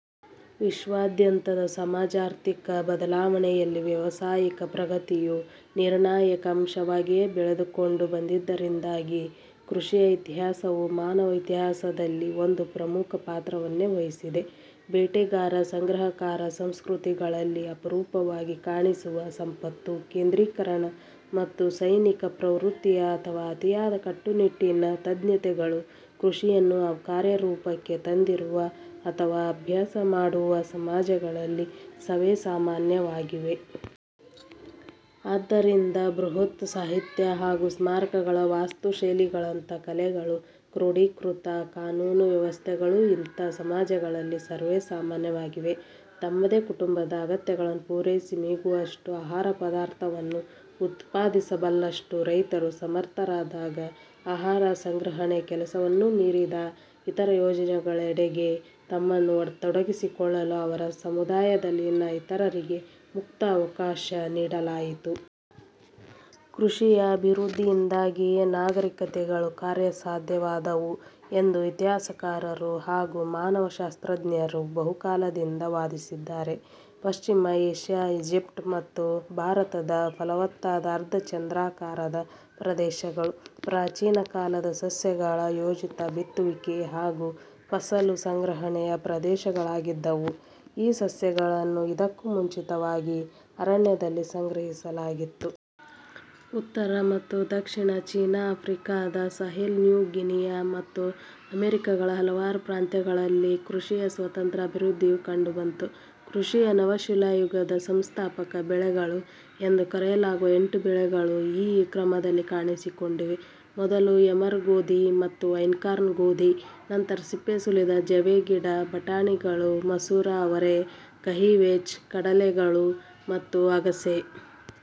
ವಿಶ್ವಾದ್ಯಂತದ ಸಮಾಜಾರ್ಥಿಕ ಬದಲಾವಣೆಯಲ್ಲಿ ವ್ಯಾವಸಾಯಿಕ ಪ್ರಗತಿಯು ನಿರ್ಣಾಯಕ ಅಂಶವಾಗಿಯೇ ಬೆಳೆದುಕೊಂಡು ಬಂದಿದ್ದರಿಂದಾಗಿ, ಕೃಷಿಯ ಇತಿಹಾಸವು ಮಾನವ ಇತಿಹಾಸದಲ್ಲಿ ಒಂದು ಪ್ರಮುಖ ಪಾತ್ರವನ್ನೇ ವಹಿಸಿದೆ. ಬೇಟೆಗಾರ-ಸಂಗ್ರಹಕಾರ ಸಂಸ್ಕೃತಿಗಳಲ್ಲಿ ಅಪರೂಪವಾಗಿ ಕಾಣಿಸುವ ಸಂಪತ್ತು -ಕೇಂದ್ರೀಕರಣ ಮತ್ತು ಸೈನಿಕ ಪ್ರವೃತ್ತಿಯ ಅಥವಾ ಅತಿಯಾದ ಕಟ್ಟುನಿಟ್ಟಿನ ತಜ್ಞತೆಗಳು, ಕೃಷಿಯನ್ನು ಕಾರ್ಯರೂಪಕ್ಕೆ ತಂದಿರುವ ಅಥವಾ ಅಭ್ಯಾಸ ಮಾಡುವ ಸಮಾಜಗಳಲ್ಲಿ ಸವೇಸಾಮಾನ್ಯವಾಗಿವೆ. ಆದ್ದರಿಂದ, ಬೃಹತ್- ಸಾಹಿತ್ಯ ಹಾಗೂ ಸ್ಮಾರಕಗಳ ವಾಸ್ತುಶೈಲಿಗಳಂಥ ಕಲೆಗಳು, ಕ್ರೋಡೀಕೃತ ಕಾನೂನು ವ್ಯವಸ್ಥೆಗಳೂ ಇಂಥ ಸಮಾಜಗಳಲ್ಲಿ ಸರ್ವೇಸಾಮಾನ್ಯವಾಗಿವೆ. ತಮ್ಮದೇ ಕುಟುಂಬದ ಅಗತ್ಯಗಳನ್ನು ಪೂರೈಸಿ ಮಿಗುವಷ್ಟು ಆಹಾರ ಪದಾರ್ಥವನ್ನು ಉತ್ಪಾದಿಸಬಲ್ಲಷ್ಟು ರೈತರು ಸಮರ್ಥರಾದಾಗ, ಆಹಾರ ಸಂಗ್ರಹಣೆಯ ಕೆಲಸವನ್ನೂ ಮೀರಿದ ಇತರ ಯೋಜನೆಗಳೆಡೆಗೆ ತಮ್ಮನ್ನು ತೊಡಗಿಸಿಕೊಳ್ಳಲು ಅವರ ಸಮುದಾಯದಲ್ಲಿನ ಇತರರಿಗೆ ಮುಕ್ತ ಅವಕಾಶ ನೀಡಲಾಯಿತು. ಕೃಷಿಯ ಅಭಿವೃದ್ಧಿಯಿಂದಾಗಿಯೇ ನಾಗರಿಕತೆಗಳು ಕಾರ್ಯಸಾಧ್ಯವಾದವು ಎಂದು ಇತಿಹಾಸಕಾರರು ಹಾಗೂ ಮಾನವಶಾಸ್ತ್ರಜ್ಞರು ಬಹುಕಾಲದಿಂದ ವಾದಿಸಿದ್ದಾರೆ. ಪಶ್ಚಿಮ ಏಷ್ಯಾ, ಈಜಿಪ್ಟ್, ಮತ್ತು ಭಾರತದ ಫಲವತ್ತಾದ ಅರ್ಧಚಂದ್ರಾಕಾರದ ಪ್ರದೇಶಗಳು, ಪ್ರಾಚೀನ ಕಾಲದ ಸಸ್ಯಗಳ ಯೋಜಿತ ಬಿತ್ತುವಿಕೆ ಹಾಗೂ ಫಸಲು ಸಂಗ್ರಹಣೆಯ ಪ್ರದೇಶಗಳಾಗಿದ್ದವು. ಈ ಸಸ್ಯಗಳನ್ನು ಇದಕ್ಕೂ ಮುಂಚಿತವಾಗಿ ಅರಣ್ಯದಲ್ಲಿ ಸಂಗ್ರಹಿಸಲಾಗಿತ್ತು. ಉತ್ತರ ಮತ್ತು ದಕ್ಷಿಣ ಚೀನಾ, ಆಫ್ರಿಕಾದ ಸಹೆಲ್, ನ್ಯೂ ಗಿನಿಯಾ ಮತ್ತು ಅಮೆರಿಕಗಳ ಹಲವಾರು ಪ್ರಾಂತ್ಯಗಳಲ್ಲಿ ಕೃಷಿಯ ಸ್ವತಂತ್ರ ಅಭಿವೃದ್ಧಿಯು ಕಂಡುಬಂತು. ಕೃಷಿಯ ನವಶಿಲಾಯುಗದ ಸಂಸ್ಥಾಪಕ ಬೆಳೆಗಳು ಎಂದು ಕರೆಯಲಾಗುವ ಎಂಟು ಬೆಳೆಗಳು ಈ ಕ್ರಮದಲ್ಲಿ ಕಾಣಿಸಿಕೊಂಡಿವೆ: ಮೊದಲು ಎಮರ್ ಗೋಧಿ ಮತ್ತು ಐನ್ಕಾರ್ನ್ ಗೋಧಿ, ನಂತರ ಸಿಪ್ಪೆಸುಲಿದ ಜವೆಗಿಡ, ಬಟಾಣಿಗಳು, ಮಸೂರ ಅವರೆ, ಕಹಿ ವೆಚ್, ಕಡಲೆ ಗಳು ಮತ್ತು ಅಗಸೆ.